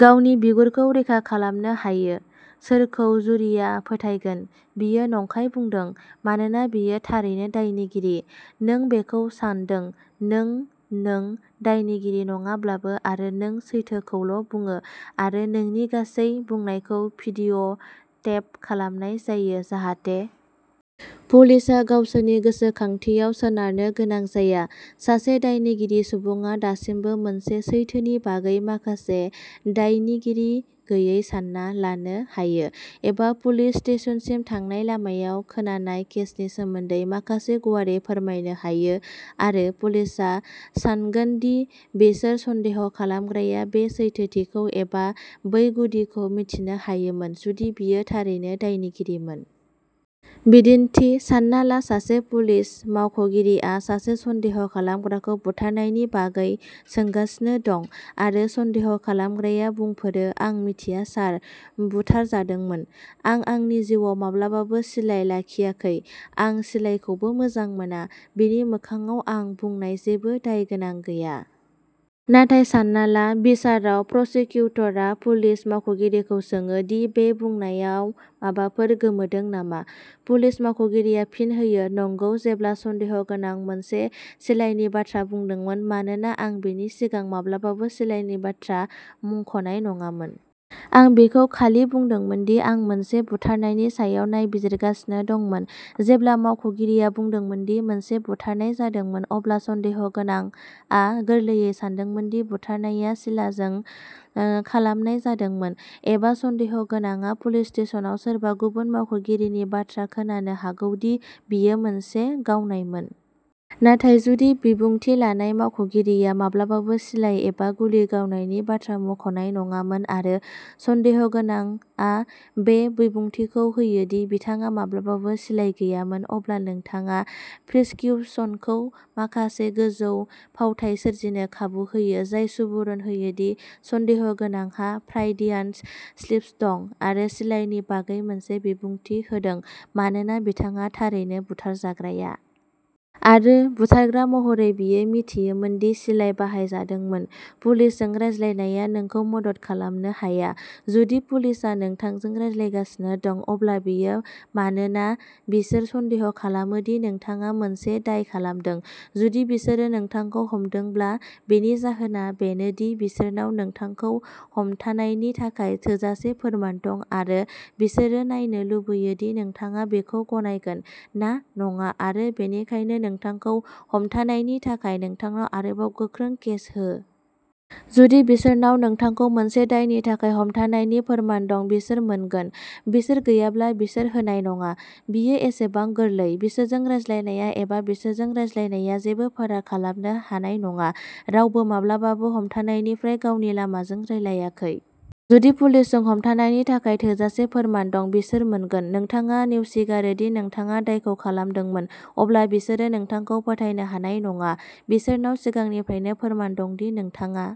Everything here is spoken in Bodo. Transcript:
गावनि बिगुरखौ रैखा खालामनो हायो? सोरखौ जुरीआ फोथायगोन बियो नंखाय बुंदों मानोना बियो थारैनो दायनिगिरि? नों बेखौ सान्दों। नों! नों दायनिगिरि नङाब्लाबो, आरो नों सैथोखौल'बुङो, आरो नोंनि गासै बुंनायखौ भिडिअ'टेप खालामनाय जायो जाहाथे पुलिसआ गावसोरनि गोसोखांथियाव सोनारनो गोनां जाया, सासे दायनिगिरि सुबुङा दासिमबो मोनसे सैथोनि बागै माखासे दायनिगिरि गैयै सान्ना लानो हायो एबा पुलिस स्टेशनसिम थांनाय लामायाव खोनानाय केसनि सोमोन्दै माखासे गुवारै फोरमायनो हायो, आरो पुलिसआ सान्गोन दि बिसोर सन्देह खालामग्राया बे सैथोथिखौ एबा बै गुदिखौ मिथिनो हायोमोन जुदि बियो थारैनो दायनिगिरिमोन। बिदिन्थिः सान्ना ला सासे पुलिस मावख'गिरिया सासे सन्देह खालामग्राखौ बुथारनायनि बागै सोंगासिनो दं। आरो सन्देह खालामग्राया बुंफोरो "आं मिथिया सोर बुथारजादोंमोन। आं आंनि जिउआव माब्लाबाबो सिलाइ लाखियाखै। आं सिलाइखौबो मोजां मोना।" बिनि मोखांआव, बै बुंनायाव जेबो दायगोनां गैया। नाथाय सान्ना ला। बिसाराव, प्रसिकिउटरआ पुलिस मावख'गिरिखौ सोङो दि बे बुंनायाव माबाफोर गोमोदों नामा। पुलिस मावख'गिरिआ फिन होयो "नंगौ, जेब्ला सन्देह'गोनांआ मोनसे सिलाइनि बाथ्रा बुंदोंमोन, मानोना आं बेनि सिगां माब्लाबाबो सिलाइनि बाथ्रा मुंख'नाय नङामोन। आं बिखौ खालि बुंदोंमोन दि आं मोनसे बुथारनायनि सायाव नायबिजिरगासिनो दंमोन।" जेब्ला मावख'गिरिआ बुंदोंमोन दि मोनसे बुथारनाय जादोंमोन, अब्ला सन्देह'गोनांआ गोरलैयै सानदोंमोन दि बुथारनायआ सिलाजों ओ खालामनाय जादोंमोन। एबा सन्देह'गोनांआ पुलिस स्टेशनाव सोरबा गुबुन मावख'गिरिनि बाथ्रा खोनानो हागौ दि बेयो मोनसे गावनायमोन। नाथाय जुदि बिबुंथि लानाय मावख'गिरिआ माब्लाबाबो सिलाइ एबा गुलि गावनायनि बाथ्रा मुंख'नाय नङामोन, आरो सन्देह'गोनांआ बे बिबुंथिखौ होयो दि बिथांहा माब्लाबाबो सिलाइ गैयामोन, अब्ला नोंथाङा प्रसिकिउसनखौ माखासे गोजौ फावथाय सोरजिनो खाबु होयो, जाय सुबुरुन होयो दि सन्देह'गोनांहा फ्रायडियान स्लिप दं, आरो सिलाइनि बागै मोनसे बिबुंथि होदों मानोना बिथाङा थारैनो, बुथारजाग्राया। आरो बुथारग्रा महरै, बियो मिथियोमोन दि सिलाइ बाहायजादोंमोन। पुलिसजों रायज्लायनाया नोंखौ मदद खालामनो हाया। जुदि पुलिसआ नोंथांजों रायज्लायगासिनो दं, अब्ला बेयो मानोना बिसोर सन्देह खालामो दि नोंथाङा मोनसे दाय खालामदों। जुदि बिसोरो नोंथांखौ हमथादोंब्ला, बेनि जाहोना बेनो दि बिसोरनाव नोंथांखौ हमथानायनि थाखाय थोजासे फोरमान दं आरो बिसोरो नायनो लुबैयो दि नोंथाङा बेखौ गनायगोन ना नङा आरो बेनिखायनो, नोंथांखौ हमथानायनि थाखाय नोंथांनाव आरोबाव गोख्रों केस हो। जुदि बिसोरनाव नोंथांखौ मोनसे दायनि थाखाय हमथानायनि फोरमान दं, बिसोर मोनगोन। बिसोर गैयाब्ला, बिसोर होनाय नङा। बेयो एसेबां गोरलै। बिसोरजों रायज्लायनाया एबा बिसोरजों रायज्लायनाया जेबो फाराग खालामनो हानाय नङा! रावबो माब्लाबाबो हमथानायनिफ्राय "गावनि लामाजों रायज्लायाखै"। जुदि पुलिसजों हमथानायनि थाखाय थोजासे फोरमान दं, बिसोर मोनगोन। नोंथाङा नेवसिगारो दि नोंथाङा दायखौ खालामदोंमोन, अब्ला बिसोरो नोंथांखौ फोथायनो हानाय नङा। बिसोरनाव सिगांनिफ्रायनो फोरमान दं दि नोंथाङा